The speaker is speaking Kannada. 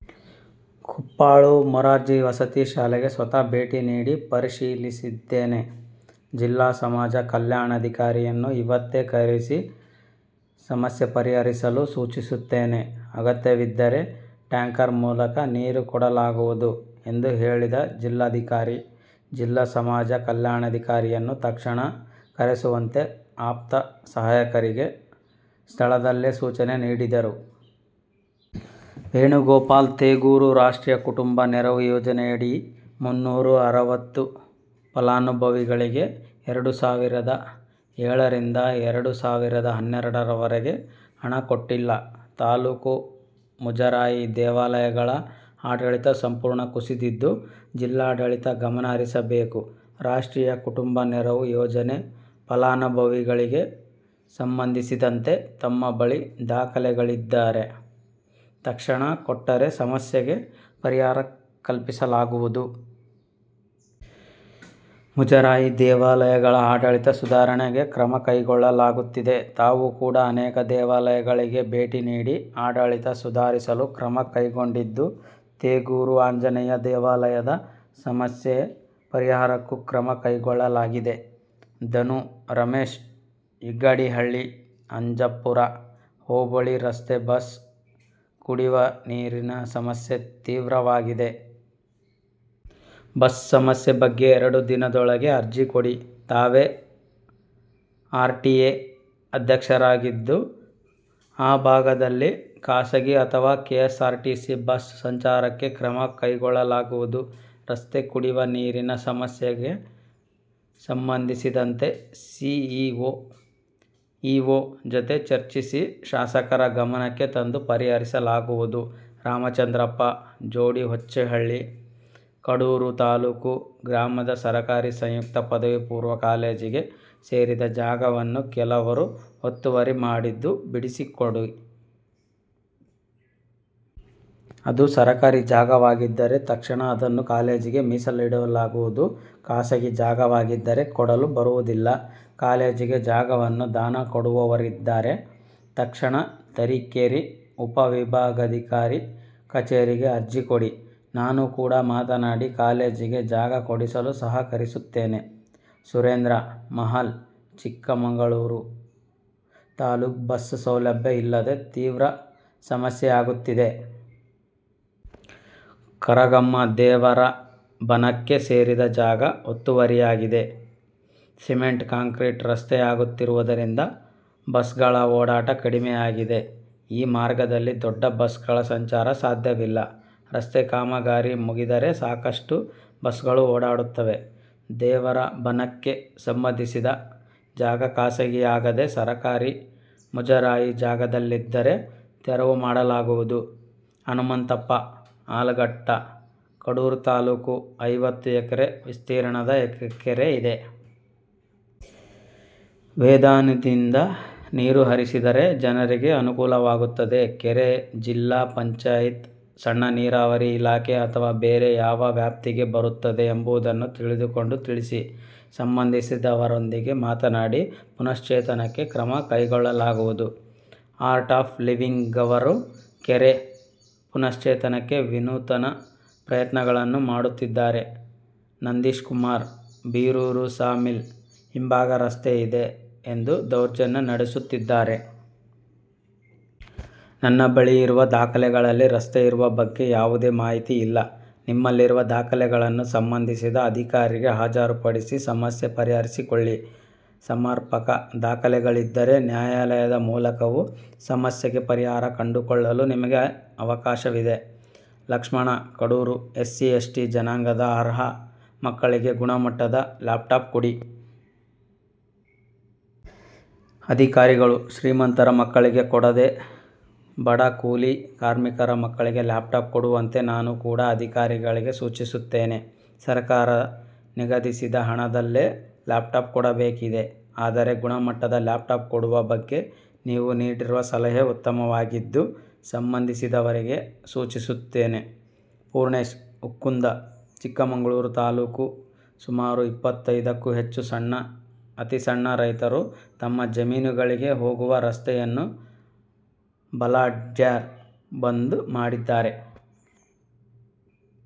ಕುಪ್ಪಾಳು ಮೊರಾರ್ಜಿ ವಸತಿ ಶಾಲೆಗೆ ಸ್ವತಃ ಭೇಟಿ ನೀಡಿ ಪರಿಶೀಲಿಸಿದ್ದೇನೆ. ಜಿಲ್ಲಾ ಸಮಾಜ ಕಲ್ಯಾಣಾಧಿಕಾರಿಯನ್ನು ಇವತ್ತೇ ಕರೆಸಿ ಸಮಸ್ಯೆ ಪರಿಹರಿಸಲು ಸೂಚಿಸುತ್ತೇನೆ. ಅಗತ್ಯವಿದ್ದರೆ ಟ್ಯಾಂಕರ್ ಮೂಲಕ ನೀರು ಕೊಡಲಾಗುವುದು ಎಂದು ಹೇಳಿದ ಜಿಲ್ಲಾಧಿಕಾರಿ, ಜಿಲ್ಲಾ ಸಮಾಜ ಕಲ್ಯಾಣಾಧಿಕಾರಿಯನ್ನು ತಕ್ಷಣ ಕರೆಸುವಂತೆ ಆಪ್ತ ಸಹಾಯಕರಿಗೆ ಸ್ಥಳದಲ್ಲೇ ಸೂಚನೆ ನೀಡಿದರು. ವೇಣುಗೋಪಾಲ್, ತೇಗೂರು ರಾಷ್ಟ್ರೀಯ ಕುಟುಂಬ ನೆರವು ಯೋಜನೆಯಡಿ ಮುನ್ನೂರ ಅರವತ್ತು ಫಲಾನುಭವಿಗಳಿಗೆ ಎರಡು ಸಾವಿರದ ಏಳರಿಂದ ಎರಡು ಸಾವಿರದ ಹನ್ನೆರಡರವರೆಗೆ ಹಣ ಕೊಟ್ಟಿಲ್ಲ. ತಾಲೂಕು ಮುಜರಾಯಿ ದೇವಾಲಯಗಳ ಆಡಳಿತ ಸಂಪೂರ್ಣ ಕುಸಿದಿದ್ದು, ಜಿಲ್ಲಾಡಳಿತ ಗಮನಹರಿಸಬೇಕು. ರಾಷ್ಟ್ರೀಯ ಕುಟುಂಬ ನೆರವು ಯೋಜನೆ ಫಲಾನುಭವಿಗಳಿಗೆ ಸಂಬಂಧಿಸಿದಂತೆ ತಮ್ಮ ಬಳಿ ದಾಖಲೆಗಳಿದ್ದರೆ ತಕ್ಷಣ ಕೊಟ್ಟರೆ ಸಮಸ್ಯೆಗೆ ಪರಿಹಾರ ಕಲ್ಪಿಸಲಾಗುವುದು. ಮುಜರಾಯಿ ದೇವಾಲಯಗಳ ಆಡಳಿತ ಸುಧಾರಣೆಗೆ ಕ್ರಮ ಕೈಗೊಳ್ಳಲಾಗುತ್ತಿದೆ. ತಾವು ಕೂಡ ಅನೇಕ ದೇವಾಲಯಗಳಿಗೆ ಭೇಟಿ ನೀಡಿ ಆಡಳಿತ ಸುಧಾರಿಸಲು ಕ್ರಮ ಕೈಗೊಂಡಿದ್ದು, ತೇಗೂರು ಆಂಜನೇಯ ದೇವಾಲಯದ ಸಮಸ್ಯೆ ಪರಿಹಾರಕ್ಕೂ ಕ್ರಮ ಕೈಗೊಳ್ಳಲಾಗಿದೆ. ಧನು, ರಮೇಶ್, ಯಗಡಿಹಳ್ಳಿ, ಅಜ್ಜಂಪುರ ಹೋಬಳಿ ರಸ್ತೆ, ಬಸ್, ಕುಡಿವ ನೀರಿನ ಸಮಸ್ಯೆ ತೀವ್ರವಾಗಿದೆ. ಬಸ್ ಸಮಸ್ಯೆ ಬಗ್ಗೆ ಎರಡು ದಿನದೊಳಗೆ ಅರ್ಜಿ ಕೊಡಿ. ತಾವೇ ಆರ್ಟಿಎ ಅಧ್ಯಕ್ಷರಾಗಿದ್ದು, ಆ ಭಾಗದಲ್ಲಿ ಖಾಸಗಿ ಅಥವಾ ಕೆಎಸ್ಸಾರ್ಟಿಸಿ ಬಸ್ ಸಂಚಾರಕ್ಕೆ ಕ್ರಮ ಕೈಗೊಳ್ಳಲಾಗುವುದು. ರಸ್ತೆ, ಕುಡಿವ ನೀರಿನ ಸಮಸ್ಯೆಗೆ ಸಂಬಂಧಿಸಿದಂತೆ ಸಿಇಒ, ಇಒ ಜತೆ ಚರ್ಚಿಸಿ, ಶಾಸಕರ ಗಮನಕ್ಕೆ ತಂದು ಪರಿಹರಿಸಲಾಗುವುದು. ರಾಮಚಂದ್ರಪ್ಪ, ಜೋಡಿಹೋಚಿಹಳ್ಳಿ, ಕಡೂರು ತಾಲ್ಲೂಕು ಗ್ರಾಮದ ಸರಕಾರಿ ಸಂಯುಕ್ತ ಪದವಿಪೂರ್ವ ಕಾಲೇಜಿಗೆ ಸೇರಿದ ಜಾಗವನ್ನು ಕೆಲವರು ಒತ್ತುವರಿ ಮಾಡಿದ್ದು, ಬಿಡಿಸಿಕೊಡಿ. ಅದು ಸರಕಾರಿ ಜಾಗವಾಗಿದ್ದರೆ ತಕ್ಷಣ ಅದನ್ನು ಕಾಲೇಜಿಗೆ ಮೀಸಲಿಡಲಾಗುವುದು. ಖಾಸಗಿ ಜಾಗವಾಗಿದ್ದರೆ ಕೊಡಲು ಬರುವುದಿಲ್ಲ. ಕಾಲೇಜಿಗೆ ಜಾಗವನ್ನು ದಾನ ಕೊಡುವವರಿದ್ದರೆ ತಕ್ಷಣ ತರೀಕೆರೆ ಉಪ ವಿಭಾಗಾಧಿಕಾರಿ ಕಚೇರಿಗೆ ಅರ್ಜಿ ಕೊಡಿ. ನಾನು ಕೂಡ ಮಾತನಾಡಿ ಕಾಲೇಜಿಗೆ ಜಾಗ ಕೊಡಿಸಲು ಸಹಕರಿಸುತ್ತೇನೆ. ಸುರೇಂದ್ರ, ಮಹಲ್, ಚಿಕ್ಕಮಗಳೂರು ತಾಲ್ಲೂಕು ಬಸ್ ಸೌಲಭ್ಯ ಇಲ್ಲದೆ ತೀವ್ರ ಸಮಸ್ಯೆಯಾಗುತ್ತಿದೆ. ಕರಗಮ್ಮ ದೇವರಬನಕ್ಕೆ ಸೇರಿದ ಜಾಗ ಒತ್ತುವರಿಯಾಗಿದೆ. ಸಿಮೆಂಟ್ ಕಾಂಕ್ರಿಟ್ ರಸ್ತೆಯಾಗುತ್ತಿರುವುದರಿಂದ ಬಸ್ಗಳ ಓಡಾಟ ಕಡಿಮೆಯಾಗಿದೆ. ಈ ಮಾರ್ಗದಲ್ಲಿ ದೊಡ್ಡ ಬಸ್ಗಳ ಸಂಚಾರ ಸಾಧ್ಯವಿಲ್ಲ. ರಸ್ತೆ ಕಾಮಗಾರಿ ಮುಗಿದರೆ ಸಾಕಷ್ಟು ಬಸ್ಗಳು ಓಡಾಡುತ್ತವೆ. ದೇವರಬನಕ್ಕೆ ಸಂಬಂಧಿಸಿದ ಜಾಗ ಖಾಸಗಿಯಾಗದೆ ಸರಕಾರಿ, ಮುಜರಾಯಿ ಜಾಗದಲ್ಲಿದ್ದರೆ ತೆರವು ಮಾಡಲಾಗುವುದು. ಹನುಮಂತಪ್ಪ, ಆಲಗಟ್ಟ, ಕಡೂರು ತಾಲ್ಲೂಕು ಐವತ್ತು ಎಕರೆ ವಿಸ್ತೀರ್ಣದ ಕೆರೆ ಇದೆ. ವೇದಾನದಿಯಿಂದ ನೀರು ಹರಿಸಿದರೆ ಜನರಿಗೆ ಅನುಕೂಲವಾಗುತ್ತದೆ. ಕೆರೆ ಜಿಲ್ಲಾ ಪಂಚಾಯಿತಿ, ಸಣ್ಣ ನೀರಾವರಿ ಇಲಾಖೆ ಅಥವಾ ಬೇರೆ ಯಾವ ವ್ಯಾಪ್ತಿಗೆ ಬರುತ್ತದೆ ಎಂಬುದನ್ನು ತಿಳಿದುಕೊಂಡು ತಿಳಿಸಿ. ಸಂಬಂಧಿಸಿದವರೊಂದಿಗೆ ಮಾತನಾಡಿ ಪುನಶ್ಚೇತನಕ್ಕೆ ಕ್ರಮ ಕೈಗೊಳ್ಳಲಾಗುವುದು. ಆರ್ಟ್ ಆಫ್ ಲಿವಿಂಗ್ನವರು ಕೆರೆ ಪುನಶ್ಚೇತನಕ್ಕೆ ವಿನೂತನ ಪ್ರಯತ್ನಗಳನ್ನು ಮಾಡುತ್ತಿದ್ದಾರೆ. ನಂದೀಶ್ಕುಮಾರ್, ಬೀರೂರು ಸಾ ಮಿಲ್ ಹಿಂಭಾಗ ರಸ್ತೆ ಇದೆ ಎಂದು ದೌರ್ಜನ್ಯ ನಡೆಸುತ್ತಿದ್ದಾರೆ. ನನ್ನ ಬಳಿ ಇರುವ ದಾಖಲೆಗಳಲ್ಲಿ ರಸ್ತೆ ಇರುವ ಬಗ್ಗೆ ಯಾವುದೇ ಮಾಹಿತಿ ಇಲ್ಲ. ನಿಮ್ಮಲ್ಲಿರುವ ದಾಖಲೆಗಳನ್ನು ಸಂಬಂಧಿಸಿದ ಅಧಿಕಾರಿಗೆ ಹಾಜರು ಪಡಿಸಿ ಸಮಸ್ಯೆ ಪರಿಹರಿಸಿಕೊಳ್ಳಿ. ಸಮರ್ಪಕ ದಾಖಲೆಗಳಿದ್ದರೆ ನ್ಯಾಯಾಲಯದ ಮೂಲಕವೂ ಸಮಸ್ಯೆಗೆ ಪರಿಹಾರ ಕಂಡುಕೊಳ್ಳಲು ನಿಮಗೆ ಅವಕಾಶವಿದೆ. ಲಕ್ಷ್ಮಣ, ಕಡೂರು ಎಸ್ಸಿ, ಎಸ್ಟಿ ಜನಾಂಗದ ಅರ್ಹ ಮಕ್ಕಳಿಗೆ ಗುಣಮಟ್ಟದ ಲ್ಯಾಪ್ಟಾಪ್ ಕೊಡಿ. ಅಧಿಕಾರಿಗಳು, ಶ್ರೀಮಂತರ ಮಕ್ಕಳಿಗೆ ಕೊಡದೆ ಬಡ, ಕೂಲಿ ಕಾರ್ಮಿಕರ ಮಕ್ಕಳಿಗೆ ಲ್ಯಾಪ್ಟಾಪ್ ಕೊಡುವಂತೆ ನಾನು ಕೂಡ ಅಧಿಕಾರಿಗಳಿಗೆ ಸೂಚಿಸುತ್ತೇನೆ. ಸರಕಾರ ನಿಗದಿಸಿದ ಹಣದಲ್ಲೇ ಲ್ಯಾಪ್ಟಾಪ್ ಕೊಡಬೇಕಿದೆ. ಆದರೆ, ಗುಣಮಟ್ಟದ ಲ್ಯಾಪ್ಟಾಪ್ ಕೊಡುವ ಬಗ್ಗೆ ನೀವು ನೀಡಿರುವ ಸಲಹೆ ಉತ್ತಮವಾಗಿದ್ದು, ಸಂಬಂಧಿಸಿದವರಿಗೆ ಸೂಚಿಸುತ್ತೇನೆ. ಪೂರ್ಣೇಶ್, ಹುಕ್ಕುಂದ, ಚಿಕ್ಕಮಗಳೂರು ತಾಲ್ಲೂಕು ಸುಮಾರು ಇಪ್ಪತ್ತೈದಕ್ಕೂ ಹೆಚ್ಚು ಸಣ್ಣ, ಅತಿಸಣ್ಣ ರೈತರು ತಮ್ಮ ಜಮೀನುಗಳಿಗೆ ಹೋಗುವ ರಸ್ತೆಯನ್ನು ಬಲಾಢ್ಯರು ಬಂದ್ ಮಾಡಿದ್ದಾರೆ.